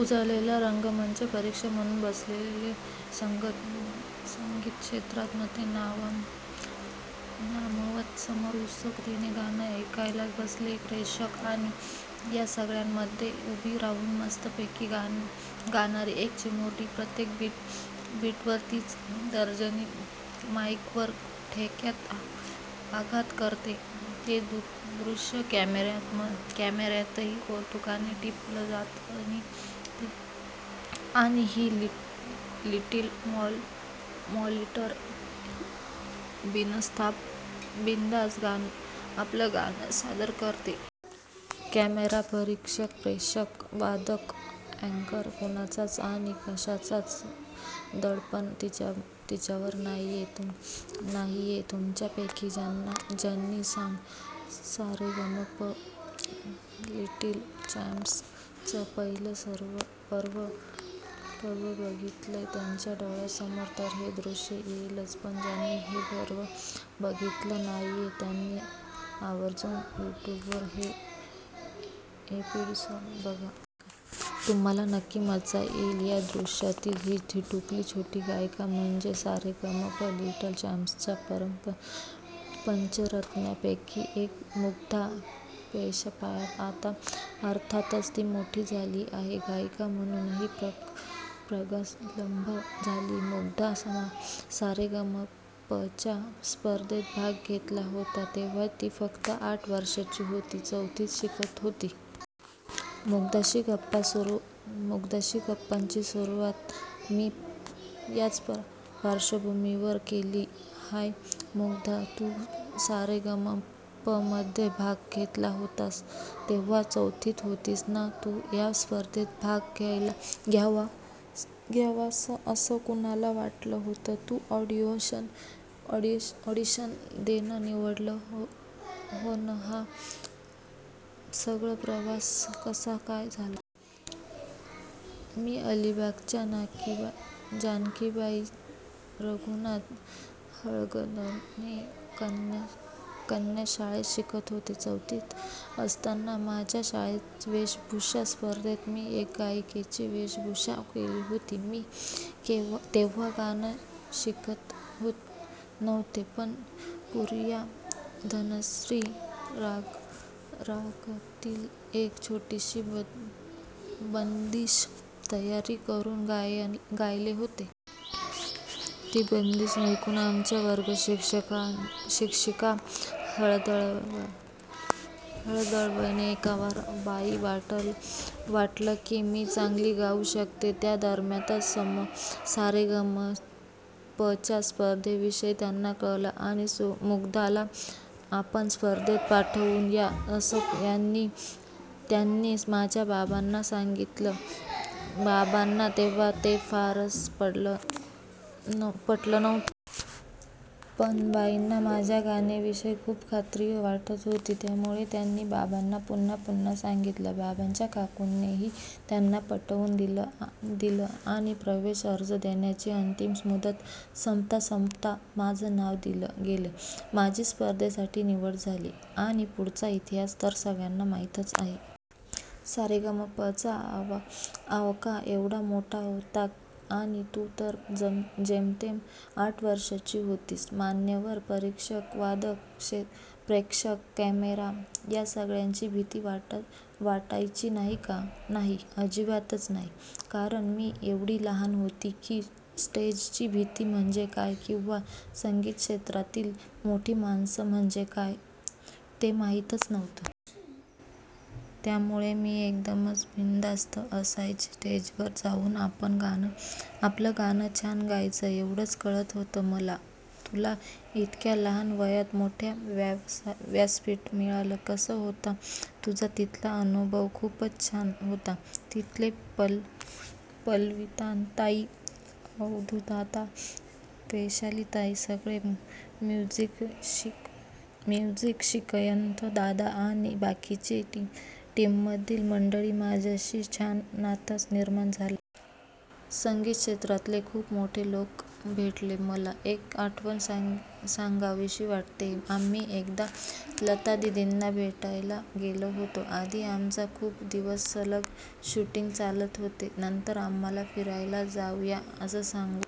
उजळलेला रंगमंच. परीक्षक म्हणून बसलेले संगीतक्षेत्रातले नामवंत. समोर उत्सुकतेने गाणं ऐकायला बसलेले प्रेक्षक आणि या सगळ्यांच्या मध्ये उभी राहून मस्तपैकी गाणारी एक चिमुरडी! प्रत्येक बीटवर तिची तर्जनी माईकवर ठेक्यात आघात करतेय, ते दृश्य कॅमेऱ्यातही कौतुकाने टिपलं जातंय आणि ही 'लिटिल मॉनिटर' बिनधास्त आपलं गाणं सादर करतेय. कॅमेरा, परीक्षक, प्रेक्षक, वादक, अँकर कुणाचंच आणि कशाचंच दडपण तिच्यावर नाहीये! तुमच्यापैकी ज्यांनी 'सारेगमप लिटिल चॅम्प्स'चं पहिलं पर्व बघितलंय, त्यांच्या डोळ्यांसमोर तर हे दृश्य येईलच, पण ज्यांनी हे पर्व बघितलं नाहीये त्यांनी आवर्जून यूट्यूबवर हे एपिसोड्स बघा. तुम्हांला नक्की मज्जा येईल! या दृश्यातली ही धिटुकली छोटी गायिका म्हणजे सारेगमप लिटिल चॅम्प्सच्या पंचरत्नांपैकी एक- मुग्धा वैशंपायन! आता अर्थातच ती मोठी झालीय, गायिका म्हणूनही प्रगल्भ झालीय. मुग्धा 'सारेगमप'च्या स्पर्धेत भाग घेतला होता तेव्हा ती फक्त आठ वर्षांची होती, चौथीत शिकत होती. मुग्धाशी गप्पांची सुरुवात मी याच पार्श्वभूमीवर केली. हाय मुग्धा! तू 'सारेगमप'मध्ये भाग घेतला होतास तेव्हा चौथीत होतीस ना? तू या स्पर्धेत भाग घ्यावास असं कुणाला वाटलं होतं, तू ऑडिशन देणं, निवड होणं हा सगळा प्रवास कसा काय झाला? -मी अलिबागच्या जानकीबाई रघुनाथ हळदवणेकर कन्याशाळेत शिकत होते. चौथीत असताना आमच्या शाळेत वेशभूषा स्पर्धेत मी एका गायिकेची वेशभूषा केली होती. मी तेव्हा गाणं शिकत नव्हते, पण पूरिया धनश्री रागातली एक छोटीशी बंदिश तयारी करून गायले होते. ती बंदिश ऐकून आमच्या वर्गशिक्षिका हळदवणेकरबाईंना वाटलं की, मी चांगली गाऊ शकेन. त्या दरम्यानच 'सारेगमप'च्या स्पर्धेविषयी त्यांना कळलं आणि 'मुग्धाला आपण स्पर्धेत पाठवूया' असं त्यांनी माझ्या बाबांना सांगितलं. बाबांना तेव्हा ते फारसं पटलं नव्हतं. पण बाईंना माझ्या गाण्याविषयी खूपच खात्री वाटत होती, त्यामुळे त्यांनी बाबांना पुन्हा पुन्हा सांगितलं. बाबांच्या काकूनेही त्यांना पटवून दिलं आणि प्रवेश अर्ज देण्याची अंतिम मुदत संपता संपता माझं नाव दिलं गेलं. माझी स्पर्धेसाठी निवड झाली आणि पुढचा इतिहास तर सगळ्यांना माहितीच आहे! सारेगमपचा आवाका एवढा मोठा होता आणि तू तर जेमतेम आठ वर्षांची होतीस. मान्यवर परीक्षक, वादक, प्रेक्षक, कॅमेरा या सगळ्याची भीती वाटायची नाही का? -नाही. अजिबातच नाही. कारण मी एवढी लहान होते की, स्टेजची भीती म्हणजे काय किंवा संगीतक्षेत्रातली मोठी माणसं म्हणजे काय ते माहीतच नव्हतं! त्यामुळे मी एकदम बिनधास्त असायचे. स्टेजवर जाऊन आपलं गाणं छान गायचं, एवढंच कळत होतं मला. तुला इतक्या लहान वयात मोठं व्यासपीठ मिळालं. कसा होता तुझा तिथला अनुभव? -खूपच छान होता. तिथे पल्लवीताई, अवधूतदादा, वैशालीताई, सगळे म्युझिशिअयन दादा आणि बाकीची टीममधली मंडळी यांच्याशी छान नातं निर्माण झालं. संगीतक्षेत्रातले खूप मोठे लोक भेटले. मला एक आठवण सांगावीशी वाटतेय. आम्ही एकदा लतादीदींना भेटायला गेलो होतो! आधी आमचं खूप दिवस सलग शूटिंग चाललं होतं. नंतर आम्हांला 'फिरायला जाऊया' असं सांगून